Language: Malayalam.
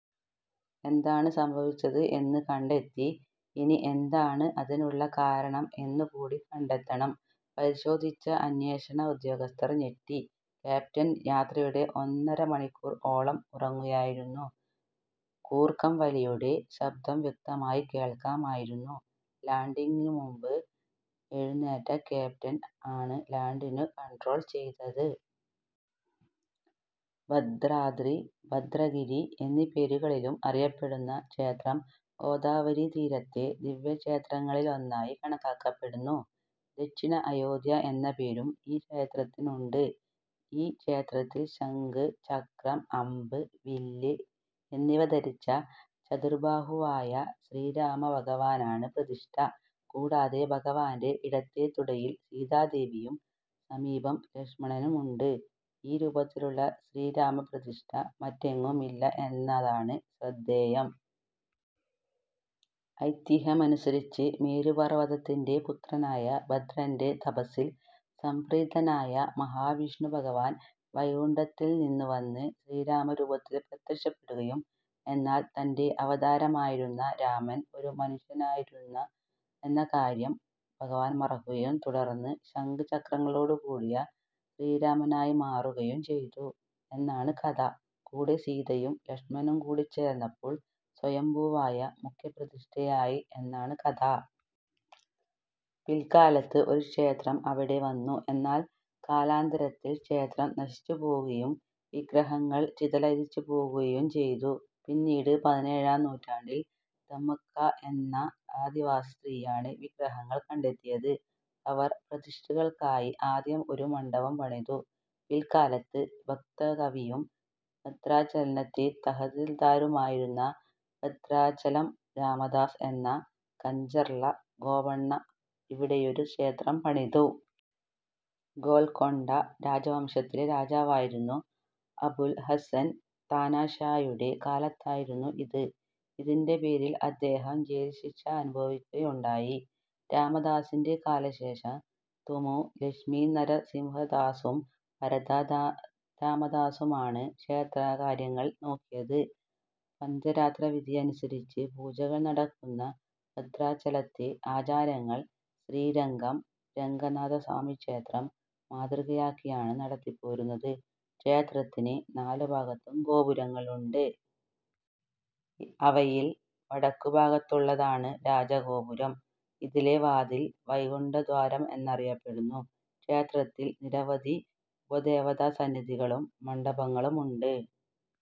എന്താണ് സംഭവിച്ചത് എന്ന് കണ്ടെത്തി ഇനി എന്താണ് അതിനു കാരണം എന്ന് കൂടി കണ്ടെത്തണം പരിശോധിച്ച അന്വേഷണ ഉദ്യോഗസ്ഥർ ഞെട്ടി. ക്യാപ്റ്റൻ യാത്രയുടെ ഒന്നര മണിക്കൂർ ഓളം ഉറങ്ങുകയായിരുന്നു!!!! കൂർക്കം വലിയുടെ ശബ്ദം വ്യക്തമായി കേൾക്കാം ആയിരുന്നു. ലാണ്ടിംഗ് നു മുൻപ് എഴുനേറ്റ ക്യാപ്റ്റൻ ആണ് ലാണ്ടിങ്ങു കണ്ട്രോൾ ചെയ്തത്. ഭദ്രാദ്രി, ഭദ്രഗിരി എന്നീ പേരുകളിലും അറിയപ്പെടുന്ന ക്ഷേത്രം ഗോദാവരീതീരത്തെ ദിവ്യക്ഷേത്രങ്ങളിലൊന്നായി കണക്കാക്കപ്പെടുന്നു. 'ദക്ഷിണ അയോദ്ധ്യ' എന്ന പേരും ഈ ക്ഷേത്രത്തിനുണ്ട്. ഈ ക്ഷേത്രത്തിൽ ശംഖ്, ചക്രം, അമ്പ്, വില്ല് എന്നിവ ധരിച്ച ചതുർബാഹുവായ ശ്രീരാമഭഗവാനാണ് പ്രതിഷ്ഠ. കൂടാതെ, ഭഗവാന്റെ ഇടത്തേ തുടയിൽ സീതാദേവിയും സമീപം ലക്ഷ്മണനുമുണ്ട്. ഈ രൂപത്തിലുള്ള ശ്രീരാമപ്രതിഷ്ഠ മറ്റെങ്ങുമില്ല എന്നതാണ് ശ്രദ്ധേയം. ഐതിഹ്യമനുസരിച്ച്, മേരുപർവ്വതത്തിന്റെ പുത്രനായ ഭദ്രന്റെ തപസ്സിൽ സംപ്രീതനായ മഹാവിഷ്ണുഭഗവാൻ വൈകുണ്ഠത്തിൽ നിന്നുവന്ന് ശ്രീരാമരൂപത്തിൽ പ്രത്യക്ഷപ്പെടുകയും, എന്നാൽ, തന്റെ അവതാരമായിരുന്ന രാമൻ ഒരു മനുഷ്യനായിരുന്നു എന്ന കാര്യം ഭഗവാൻ മറക്കുകയും തുടർന്ന്, ശംഖ്-ചക്രങ്ങളോടുകൂടിയ ശ്രീരാമനായി മാറുകയും ചെയ്തു എന്നാണ് കഥ. കൂടെ, സീതയും ലക്ഷ്മണനും കൂടിച്ചേർന്നപ്പോൾ സ്വയംഭൂവായ മുഖ്യപ്രതിഷ്ഠയായി എന്നാണ് കഥ. പിൽക്കാലത്ത് ഒരു ക്ഷേത്രം അവിടെ വന്നു. എന്നാൽ, കാലാന്തരത്തിൽ ക്ഷേത്രം നശിച്ചുപോകുകയും വിഗ്രഹങ്ങൾ ചിതലരിച്ചുപോകുകയും ചെയ്തു. പിന്നീട്, പതിനേഴാം നൂറ്റാണ്ടിൽ ദമ്മക്ക എന്ന ആദിവാസി സ്ത്രീയാണ് വിഗ്രഹങ്ങൾ കണ്ടെത്തിയത്. അവർ പ്രതിഷ്ഠകൾക്കായി ആദ്യം ഒരു മണ്ഡപം പണിതു. പിൽക്കാലത്ത്, ഭക്തകവിയും ഭദ്രാചലത്തെ തഹസിൽദാരുമായിരുന്ന ഭദ്രാചലം രാമദാസ് എന്ന കഞ്ചർല ഗോപണ്ണ ഇവിടെയൊരു ക്ഷേത്രം പണിതു. ഗോൽക്കൊണ്ട രാജവംശത്തിലെ രാജാവായിരുന്ന അബുൽ ഹസൻ താനാഷായുടെ കാലത്തായിരുന്നു ഇത്. ഇതിന്റെ പേരിൽ അദ്ദേഹം ജയിൽ ശിക്ഷ അനുഭവിയ്ക്കുകയുണ്ടായി. രാമദാസിന്റെ കാലശേഷം, തുമു ലക്ഷ്മീനരസിംഹദാസും വരദ രാമദാസുമാണ് ക്ഷേത്രകാര്യങ്ങൾ നോക്കിയത്. പഞ്ചരാത്രവിധിയനുസരിച്ച് പൂജകൾ നടക്കുന്ന ഭദ്രാചലത്തെ ആചാരങ്ങൾ, ശ്രീരംഗം രംഗനാഥസ്വാമിക്ഷേത്രം മാതൃകയാക്കിയാണ് നടത്തിപ്പോരുന്നത്. ക്ഷേത്രത്തിന് നാലുഭാഗത്തും ഗോപുരങ്ങളുണ്ട്. അവയിൽ, വടക്കുഭാഗത്തുള്ളതാണ് രാജഗോപുരം. ഇതിലെ വാതിൽ, 'വൈകുണ്ഠദ്വാരം' എന്നറിയപ്പെടുന്നു. ക്ഷേത്രത്തിൽ, നിരവധി ഉപദേവതാസന്നിധികളും മണ്ഡപങ്ങളുമുണ്ട്.